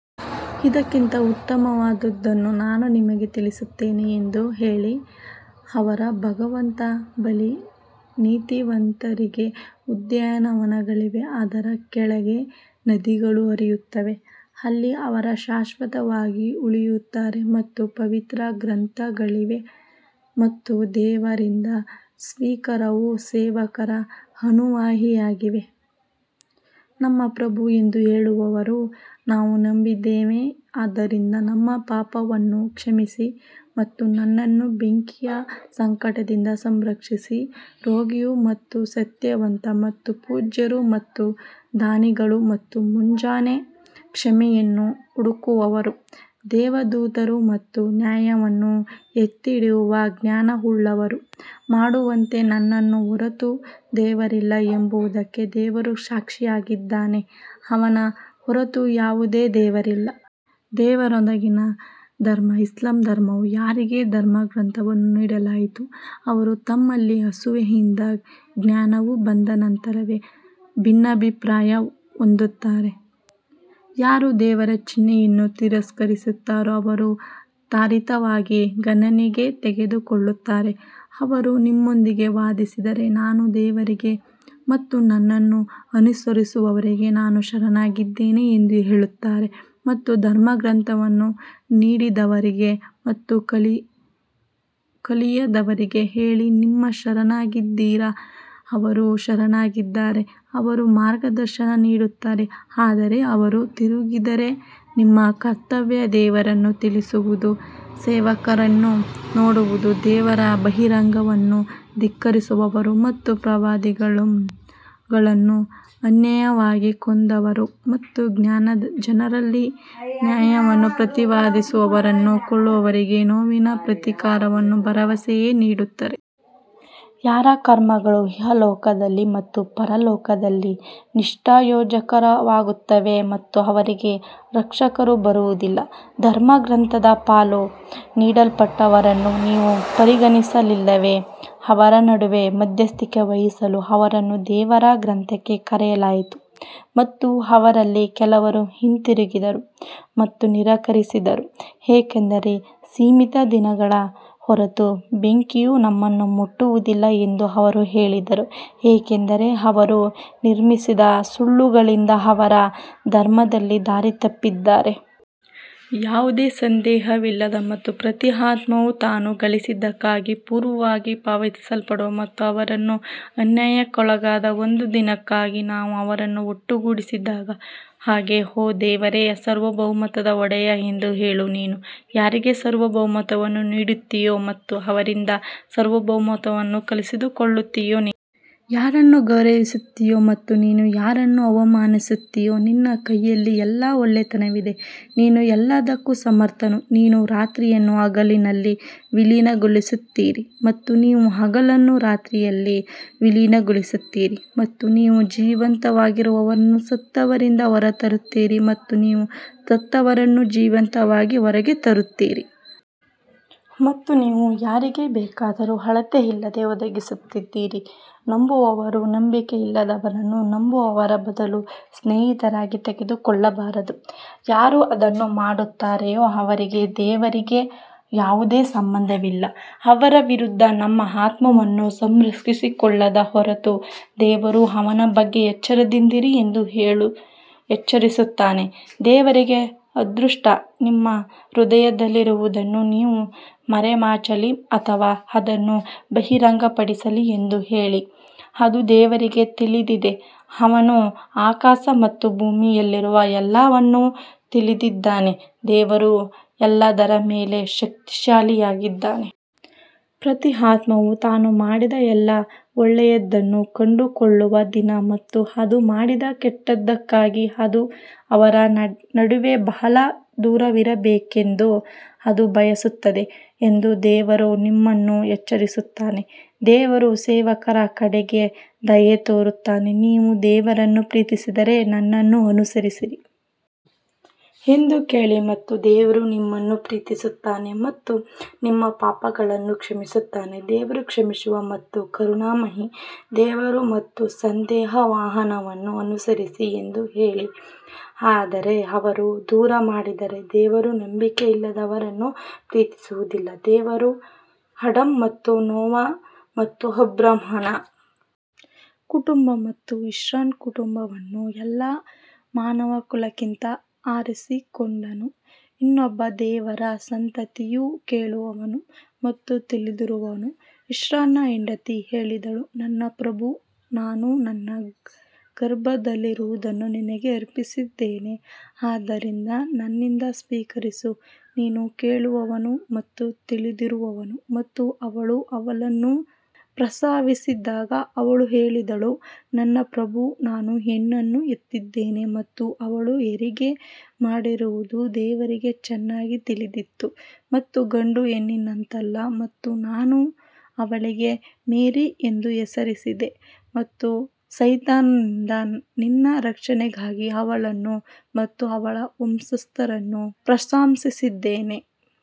ಇದಕ್ಕಿಂತ ಉತ್ತಮವಾದದ್ದನ್ನು ನಾನು ನಿಮಗೆ ತಿಳಿಸುತ್ತೇನೆ ಎಂದು ಹೇಳಿ, ಅವರ ಭಗವಂತನ ಬಳಿ ನೀತಿವಂತರಿಗೆ ಉದ್ಯಾನವನಗಳಿವೆ, ಅದರ ಕೆಳಗೆ ನದಿಗಳು ಹರಿಯುತ್ತವೆ, ಅಲ್ಲಿ ಅವರು ಶಾಶ್ವತವಾಗಿ ಉಳಿಯುತ್ತಾರೆ ಮತ್ತು ಪವಿತ್ರ ಸಂಗಾತಿಗಳು ಮತ್ತು ದೇವರಿಂದ ಸ್ವೀಕಾರವು ಸೇವಕರ ಅನುಯಾಯಿಯಾಗಿದೆ. ನಮ್ಮ ಪ್ರಭು ಎಂದು ಹೇಳುವವರು ನಾವು ನಂಬಿದ್ದೇವೆ ಆದ್ದರಿಂದ ನಮ್ಮ ಪಾಪಗಳನ್ನು ಕ್ಷಮಿಸಿ ಮತ್ತು ನಮ್ಮನ್ನು ಬೆಂಕಿಯ ಸಂಕಟದಿಂದ ರಕ್ಷಿಸಿ ರೋಗಿಯು ಮತ್ತು ಸತ್ಯವಂತರು ಮತ್ತು ಪೂಜ್ಯರು ಮತ್ತು ದಾನಿಗಳು ಮತ್ತು ಮುಂಜಾನೆ ಕ್ಷಮೆಯನ್ನು ಹುಡುಕುವವರು ದೇವದೂತರು ಮತ್ತು ನ್ಯಾಯವನ್ನು ಎತ್ತಿಹಿಡಿಯುವ ಜ್ಞಾನವುಳ್ಳವರು ಮಾಡುವಂತೆ ಅವನ ಹೊರತು ದೇವರಿಲ್ಲ ಎಂಬುದಕ್ಕೆ ದೇವರು ಸಾಕ್ಷಿಯಾಗಿದ್ದಾನೆ, ಅವನ ಹೊರತು ಯಾವುದೇ ದೇವರಿಲ್ಲ. ದೇವರೊಂದಿಗಿನ ಧರ್ಮ ಇಸ್ಲಾಂ ಧರ್ಮವು ಯಾರಿಗೆ ಧರ್ಮಗ್ರಂಥವನ್ನು ನೀಡಲಾಯಿತು, ಅವರು ತಮ್ಮಲ್ಲಿನ ಅಸೂಯೆಯಿಂದ ಜ್ಞಾನವು ಬಂದ ನಂತರವೇ ಭಿನ್ನಾಭಿಪ್ರಾಯ ಹೊಂದುತ್ತಾರೆ, ಯಾರು ದೇವರ ಚಿಹ್ನೆಗಳನ್ನು ತಿರಸ್ಕರಿಸುತ್ತಾರೋ ಅವರು ತ್ವರಿತವಾಗಿ ಗಣನೆಗೆ ತೆಗೆದುಕೊಳ್ಳುತ್ತಾರೆ. ಅವರು ನಿಮ್ಮೊಂದಿಗೆ ವಾದಿಸಿದರೆ ನಾನು ದೇವರಿಗೆ ಮತ್ತು ನನ್ನನ್ನು ಅನುಸರಿಸುವವರಿಗೆ ನಾನು ಶರಣಾಗಿದ್ದೇನೆ ಎಂದು ಹೇಳುತ್ತಾರೆ ಮತ್ತು ಧರ್ಮಗ್ರಂಥವನ್ನು ನೀಡಿದವರಿಗೆ ಮತ್ತು ಕಲಿಯದವರಿಗೆ ಹೇಳಿ ನೀವು ಶರಣಾಗಿದ್ದೀರಾ ಅವರು ಶರಣಾಗಿದ್ದರೆ ಅವರು ಮಾರ್ಗದರ್ಶನ ನೀಡುತ್ತಾರೆ ಆದರೆ ಅವರು ತಿರುಗಿದರೆ ನಿಮ್ಮ ಕರ್ತವ್ಯ ದೇವರನ್ನು ತಿಳಿಸುವುದು ಸೇವಕರನ್ನು ನೋಡುವುದು ದೇವರ ಬಹಿರಂಗಗಳನ್ನು ಧಿಕ್ಕರಿಸುವವರು ಮತ್ತು ಪ್ರವಾದಿಗಳನ್ನು ಅನ್ಯಾಯವಾಗಿ ಕೊಂದವರು ಮತ್ತು ಜನರಲ್ಲಿ ನ್ಯಾಯವನ್ನು ಪ್ರತಿಪಾದಿಸುವವರನ್ನು ಕೊಲ್ಲುವವರಿಗೆ ನೋವಿನ ಪ್ರತೀಕಾರವನ್ನು ಭರವಸೆ ನೀಡುತ್ತಾರೆ. ಯಾರ ಕರ್ಮಗಳು ಇಹಲೋಕದಲ್ಲಿ ಮತ್ತು ಪರಲೋಕದಲ್ಲಿ ನಿಷ್ಪ್ರಯೋಜಕವಾಗುತ್ತವೆ ಮತ್ತು ಅವರಿಗೆ ರಕ್ಷಕರು ಇರುವುದಿಲ್ಲ. ಧರ್ಮಗ್ರಂಥದ ಪಾಲು ನೀಡಲ್ಪಟ್ಟವರನ್ನು ನೀವು ಪರಿಗಣಿಸಲಿಲ್ಲವೇ, ಅವರ ನಡುವೆ ಮಧ್ಯಸ್ಥಿಕೆ ವಹಿಸಲು ಅವರನ್ನು ದೇವರ ಗ್ರಂಥಕ್ಕೆ ಕರೆಯಲಾಯಿತು ಮತ್ತು ಅವರಲ್ಲಿ ಕೆಲವರು ಹಿಂತಿರುಗಿದರು ಮತ್ತು ನಿರಾಕರಿಸಿದರು ಏಕೆಂದರೆ ಸೀಮಿತ ದಿನಗಳ ಹೊರತು ಬೆಂಕಿಯು ನಮ್ಮನ್ನು ಮುಟ್ಟುವುದಿಲ್ಲ ಎಂದು ಅವರು ಹೇಳಿದರು ಏಕೆಂದರೆ ಅವರು ನಿರ್ಮಿಸಿದ ಸುಳ್ಳುಗಳಿಂದ ಅವರ ಧರ್ಮದಲ್ಲಿ ದಾರಿ ತಪ್ಪಿದ್ದಾರೆ. ಯಾವುದೇ ಸಂದೇಹವಿಲ್ಲದ ಮತ್ತು ಪ್ರತಿ ಆತ್ಮವು ತಾನು ಗಳಿಸಿದ್ದಕ್ಕಾಗಿ ಪೂರ್ಣವಾಗಿ ಪಾವತಿಸಲ್ಪಡುವ ಮತ್ತು ಅವರು ಅನ್ಯಾಯಕ್ಕೊಳಗಾಗದ ಒಂದು ದಿನಕ್ಕಾಗಿ ನಾವು ಅವರನ್ನು ಒಟ್ಟುಗೂಡಿಸಿದಾಗ ಹೇಗೆ? ಓ ದೇವರೇ ಸಾರ್ವಭೌಮತ್ವದ ಒಡೆಯ ಎಂದು ಹೇಳು ನೀನು ಯಾರಿಗೆ ಸಾರ್ವಭೌಮತ್ವವನ್ನು ನೀಡುತ್ತೀಯೋ ಮತ್ತು ಯಾರಿಂದ ಸಾರ್ವಭೌಮತ್ವವನ್ನು ಕಸಿದುಕೊಳ್ಳುತ್ತೀಯೋ ನೀನು ಯಾರನ್ನು ಗೌರವಿಸುತ್ತೀಯೋ ಮತ್ತು ನೀನು ಯಾರನ್ನು ಅವಮಾನಿಸುತ್ತೀಯೋ ನಿನ್ನ ಕೈಯಲ್ಲಿ ಎಲ್ಲಾ ಒಳ್ಳೆಯತನವಿದೆ ನೀನು ಎಲ್ಲದಕ್ಕೂ ಸಮರ್ಥನು ನೀವು ರಾತ್ರಿಯನ್ನು ಹಗಲಿನಲ್ಲಿ ವಿಲೀನಗೊಳಿಸುತ್ತೀರಿ ಮತ್ತು ನೀವು ಹಗಲನ್ನು ರಾತ್ರಿಯಲ್ಲಿ ವಿಲೀನಗೊಳಿಸುತ್ತೀರಿ ಮತ್ತು ನೀವು ಜೀವಂತವಾಗಿರುವವರನ್ನು ಸತ್ತವರಿಂದ ಹೊರತರುತ್ತೀರಿ ಮತ್ತು ನೀವು ಸತ್ತವರನ್ನು ಜೀವಂತವಾಗಿ ಹೊರಗೆ ತರುತ್ತೀರಿ ಮತ್ತು ನೀವು ಯಾರಿಗೆ ಬೇಕಾದರೂ ಅಳತೆಯಿಲ್ಲದೆ ಒದಗಿಸುತ್ತೀರಿ ನಂಬುವವರು ನಂಬಿಕೆಯಿಲ್ಲದವರನ್ನು ನಂಬುವವರ ಬದಲು ಸ್ನೇಹಿತರಾಗಿ ತೆಗೆದುಕೊಳ್ಳಬಾರದು, ಯಾರು ಅದನ್ನು ಮಾಡುತ್ತಾರೆಯೋ ಅವರಿಗೆ ದೇವರಿಗೆ ಯಾವುದೇ ಸಂಬಂಧವಿಲ್ಲ, ಅವರ ವಿರುದ್ಧ ನಿಮ್ಮ ಆತ್ಮವನ್ನು ರಕ್ಷಿಸಿಕೊಳ್ಳದ ಹೊರತು ದೇವರು ಅವನ ಬಗ್ಗೆ ಎಚ್ಚರದಿಂದಿರಿ ಎಂದು ಎಚ್ಚರಿಸುತ್ತಾನೆ ದೇವರಿಗೆ ಅದೃಷ್ಟ ನಿಮ್ಮ ಹೃದಯದಲ್ಲಿರುವುದನ್ನು ನೀವು ಮರೆಮಾಚಲಿ ಅಥವಾ ಅದನ್ನು ಬಹಿರಂಗಪಡಿಸಲಿ ಎಂದು ಹೇಳಿ, ಅದು ದೇವರಿಗೆ ತಿಳಿದಿದೆ, ಅವನು ಆಕಾಶ ಮತ್ತು ಭೂಮಿಯಲ್ಲಿರುವ ಎಲ್ಲವನ್ನೂ ತಿಳಿದಿದ್ದಾನೆ, ದೇವರು ಎಲ್ಲದರ ಮೇಲೆ ಶಕ್ತಿಶಾಲಿಯಾಗಿದ್ದಾನೆ. ಪ್ರತಿ ಆತ್ಮವು ತಾನು ಮಾಡಿದ ಎಲ್ಲಾ ಒಳ್ಳೆಯದನ್ನು ಕಂಡುಕೊಳ್ಳುವ ದಿನ ಮತ್ತು ಅದು ಮಾಡಿದ ಕೆಟ್ಟದ್ದಕ್ಕಾಗಿ ಅದು ಅವರ ನಡುವೆ ಬಹಳ ದೂರವಿರಬೇಕೆಂದು ಅದು ಬಯಸುತ್ತದೆ ಎಂದು ದೇವರು ನಿಮ್ಮನ್ನು ಎಚ್ಚರಿಸುತ್ತಾನೆ, ದೇವರು ಸೇವಕರ ಕಡೆಗೆ ದಯೆ ತೋರುತ್ತಾನೆ ನೀವು ದೇವರನ್ನು ಪ್ರೀತಿಸಿದರೆ ನನ್ನನ್ನು ಅನುಸರಿಸಿ ಎಂದು ಹೇಳಿ ಮತ್ತು ದೇವರು ನಿಮ್ಮನ್ನು ಪ್ರೀತಿಸುತ್ತಾನೆ ಮತ್ತು ನಿಮ್ಮ ಪಾಪಗಳನ್ನು ಕ್ಷಮಿಸುತ್ತಾನೆ ದೇವರು ಕ್ಷಮಿಸುವ ಮತ್ತು ಕರುಣಾಮಯಿ ದೇವರು ಮತ್ತು ಸಂದೇಶವಾಹಕರನ್ನು ಅನುಸರಿಸಿ ಎಂದು ಹೇಳಿ ಆದರೆ ಅವರು ದೂರ ಮಾಡಿದರೆ ದೇವರು ನಂಬಿಕೆಯಿಲ್ಲದವರನ್ನು ಪ್ರೀತಿಸುವುದಿಲ್ಲ ದೇವರು ಆಡಮ್ ಮತ್ತು ನೋವಾ ಮತ್ತು ಅಬ್ರಹಾಮನ ಕುಟುಂಬ ಮತ್ತು ಇಮ್ರಾನ್ ಕುಟುಂಬವನ್ನು ಎಲ್ಲಾ ಮಾನವಕುಲಕ್ಕಿಂತ ಆರಿಸಿಕೊಂಡನು ಇನ್ನೊಬ್ಬ ದೇವರ ಸಂತತಿಯು ಕೇಳುವವನು ಮತ್ತು ತಿಳಿದಿರುವವನು ಇಮ್ರಾನ್ನ ಹೆಂಡತಿ ಹೇಳಿದಳು ನನ್ನ ಪ್ರಭು ನಾನು ನನ್ನ ಗರ್ಭದಲ್ಲಿರುವುದನ್ನು ನಿನಗೆ ಅರ್ಪಿಸಿದ್ದೇನೆ ಆದ್ದರಿಂದ ನನ್ನಿಂದ ಸ್ವೀಕರಿಸು ನೀನು ಕೇಳುವವನು ಮತ್ತು ತಿಳಿದಿರುವವನು ಮತ್ತು ಅವಳು ಅವಳನ್ನು ಪ್ರಸವಿಸಿದಾಗ ಅವಳು ಹೇಳಿದಳು ನನ್ನ ಪ್ರಭು ನಾನು ಹೆಣ್ಣನ್ನು ಹೆತ್ತಿದ್ದೇನೆ ಮತ್ತು ಅವಳು ಹೆರಿಗೆ ಮಾಡಿರುವುದು ದೇವರಿಗೆ ಚೆನ್ನಾಗಿ ತಿಳಿದಿತ್ತು ಮತ್ತು ಗಂಡು ಹೆಣ್ಣಿನಂತಲ್ಲ ಮತ್ತು ನಾನು ಅವಳಿಗೆ ಮೇರಿ ಎಂದು ಹೆಸರಿಸಿದೆ ಮತ್ತು ಸೈತಾನನಿಂದ ನಿನ್ನ ರಕ್ಷಣೆಗಾಗಿ ಅವಳನ್ನು ಮತ್ತು ಅವಳ ವಂಶಸ್ಥರನ್ನು ಪ್ರಶಂಸಿಸಿದೆ.